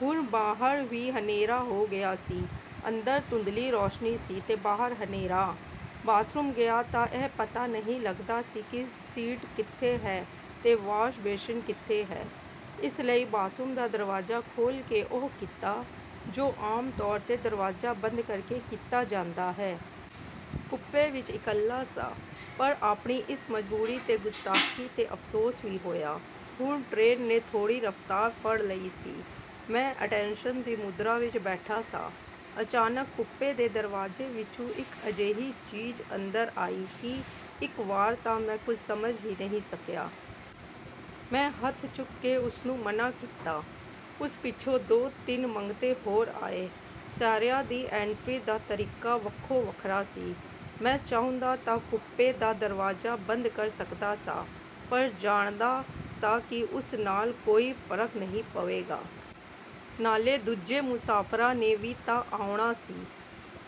ਹੁਣ ਬਾਹਰ ਵੀ ਹਨੇਰਾ ਹੋ ਗਿਆ ਸੀ। ਅੰਦਰ ਧੁੰਦਲੀ ਰੋਸ਼ਨੀ ਸੀ ਤੇ ਬਾਹਰ ਹਨੇਰਾ। ਬਾਥਰੂਮ ਗਿਆ ਤਾਂ ਇਹ ਪਤਾ ਨਹੀਂ ਲੱਗਦਾ ਸੀ ਕਿ ਸੀਟ ਕਿੱਥੇ ਹੈ ਤੇ ਵਾਸ਼ ਬੇਸਿਨ ਕਿੱਥੇ ਹੈ। ਇਸ ਲਈ ਬਾਥਰੂਮ ਦਾ ਦਰਵਾਜ਼ਾ ਖੋਲ੍ਹ ਕੇ ਉਹ ਕੀਤਾ, ਜੋ ਆਮ ਤੌਰ 'ਤੇ ਦਰਵਾਜ਼ਾ ਬੰਦ ਕਰਕੇ ਕੀਤਾ ਜਾਂਦਾ ਹੈ। ਕੂਪੇ ਵਿਚ ਇਕੱਲਾ ਸਾਂ, ਪਰ ਆਪਣੀ ਇਸ ਮਜਬੂਰੀ ਤੇ ਗੁਸਤਾਖ਼ੀ 'ਤੇ ਅਫ਼ਸੋਸ ਵੀ ਹੋਇਆ। ਹੁਣ ਟਰੇਨ ਨੇ ਥੋੜ੍ਹੀ ਰਫ਼ਤਾਰ ਫੜ੍ਹ ਲਈ ਸੀ। ਮੈਂ ਅਟੈਨਸ਼ਨ ਦੀ ਮੁਦਰਾ ਵਿਚ ਬੈਠਾ ਸਾਂ। ਅਚਾਨਕ ਕੂਪੇ ਦੇ ਦਰਵਾਜ਼ੇ ਵਿਚੋਂ ਇਕ ਅਜਿਹੀ ਚੀਜ਼ ਅੰਦਰ ਆਈ ਕਿ ਇਕ ਵਾਰ ਤਾਂ ਮੈਂ ਕੁਝ ਸਮਝ ਹੀ ਨਹੀਂ ਸਕਿਆ। ਮੈਂ ਹੱਥ ਚੁੱਕ ਕੇ ਉਸਨੂੰ ਮਨ੍ਹਾਂ ਕੀਤਾ। ਉਸ ਪਿੱਛੋਂ ਦੋ-ਤਿੰਨ ਮੰਗਤੇ ਹੋਰ ਆਏ। ਸਾਰਿਆਂ ਦੀ ਐਂਟਰੀ ਦਾ ਤਰੀਕਾ ਵੱਖੋ-ਵੱਖਰਾ ਸੀ। ਮੈਂ ਚਾਹੁੰਦਾ ਤਾਂ ਕੂਪੇ ਦਾ ਦਰਵਾਜ਼ਾ ਬੰਦ ਕਰ ਸਕਦਾ ਸਾਂ, ਪਰ ਜਾਣਦਾ ਸਾਂ ਕਿ ਉਸ ਨਾਲ ਕੋਈ ਫ਼ਰਕ ਨਹੀਂ ਪਵੇਗਾ। ਨਾਲੇ, ਦੂਜੇ ਮੁਸਾਫ਼ਰਾਂ ਨੇ ਵੀ ਤਾਂ ਆਉਣਾ ਸੀ।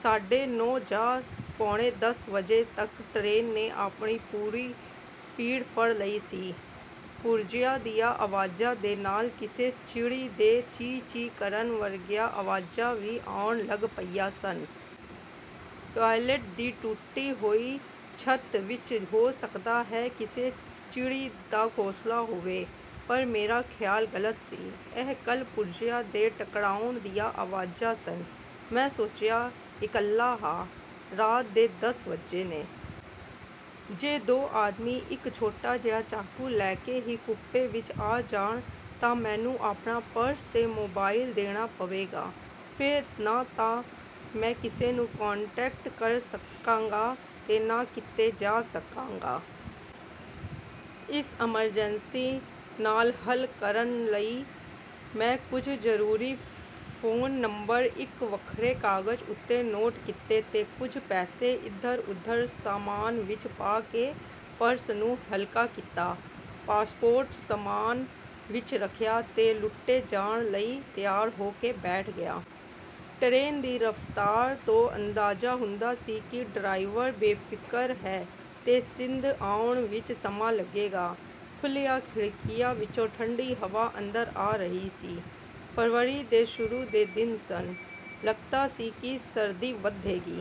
ਸਾਢੇ ਨੌਂ ਜਾਂ ਪੌਣੇ ਦਸ ਵਜੇ ਤੱਕ ਟਰੇਨ ਨੇ ਆਪਣੀ ਪੂਰੀ ਸਪੀਡ ਫੜ੍ਹ ਲਈ ਸੀ। ਪੁਰਜ਼ਿਆਂ ਦੀਆਂ ਆਵਾਜ਼ਾਂ ਦੇ ਨਾਲ ਕਿਸੇ ਚਿੜੀ ਦੇ ਚੀਂ-ਚੀਂ ਕਰਨ ਵਰਗੀਆਂ ਆਵਾਜ਼ਾਂ ਵੀ ਆਉਣ ਲੱਗ ਪਈਆਂ ਸਨ। ਟਾਇਲਟ ਦੀ ਟੁੱਟੀ ਹੋਈ ਛੱਤ ਵਿਚ ਹੋ ਸਕਦਾ ਹੈ ਕਿਸੇ ਚਿੜੀ ਦਾ ਘੋਂਸਲਾ ਹੋਵੇ। ਪਰ ਮੇਰਾ ਖ਼ਿਆਲ ਗ਼ਲਤ ਸੀ। ਇਹ ਕਲ-ਪੁਰਜ਼ਿਆਂ ਦੇ ਟਕਰਾਉਣ ਦੀਆਂ ਆਵਾਜ਼ਾਂ ਸਨ। ਮੈਂ ਸੋਚਿਆ, ਇਕੱਲਾ ਹਾਂ। ਰਾਤ ਦੇ ਦਸ ਵੱਜੇ ਨੇ। ਜੇ ਦੋ ਆਦਮੀ ਇਕ ਛੋਟਾ ਜਿਹਾ ਚਾਕੂ ਲੈ ਕੇ ਹੀ ਕੂਪੇ ਵਿਚ ਆ ਜਾਣ ਤਾਂ ਮੈਨੂੰ ਆਪਣਾ ਪਰਸ ਤੇ ਮੋਬਾਇਲ ਦੇਣਾ ਪਵੇਗਾ। ਫੇਰ ਨਾ ਤਾਂ ਮੈਂ ਕਿਸੇ ਨੂੰ 'ਕਾਨਟੈਕਟ' ਕਰ ਸਕਾਂਗਾ ਤੇ ਨਾ ਕਿਤੇ ਜਾ ਸਕਾਂਗਾ। ਇਸ ਐਮਰਜੈਂਸੀ ਨਾਲ ਹੱਲ ਕਰਨ ਲਈ ਮੈਂ ਕੁਝ ਜ਼ਰੂਰੀ ਫ਼ੋਨ ਨੰਬਰ ਇੱਕ ਵੱਖਰੇ ਕਾਗਜ਼ ਉੱਤੇ ਨੋਟ ਕੀਤੇ ਤੇ ਕੁਝ ਪੈਸੇ ਇਧਰ-ਉਧਰ ਸਾਮਾਨ ਵਿਚ ਪਾ ਕੇ ਪਰਸ ਨੂੰ ਹਲਕਾ ਕੀਤਾ। ਪਾਸਪੋਰਟ ਸਾਮਾਨ ਵਿਚ ਰੱਖਿਆ ਤੇ ਲੁੱਟੇ ਜਾਣ ਲਈ ਤਿਆਰ ਹੋ ਕੇ ਬੈਠ ਗਿਆ। ਟਰੇਨ ਦੀ ਰਫ਼ਤਾਰ ਤੋਂ ਅੰਦਾਜ਼ਾ ਹੁੰਦਾ ਸੀ ਕਿ ਡਰਾਈਵਰ ਬੇਫ਼ਿਕਰ ਹੈ ਤੇ ਸਿੰਧ ਆਉਣ ਵਿਚ ਸਮਾਂ ਲੱਗੇਗਾ। ਖੁੱਲ੍ਹੀਆਂ ਖਿੜਕੀਆਂ ਵਿਚੋਂ ਠੰਡੀ ਹਵਾ ਅੰਦਰ ਆ ਰਹੀ ਸੀ। ਫ਼ਰਵਰੀ ਦੇ ਸ਼ੁਰੂ ਦੇ ਦਿਨ ਸਨ। ਲੱਗਦਾ ਸੀ ਕਿ ਸਰਦੀ ਵਧੇਗੀ।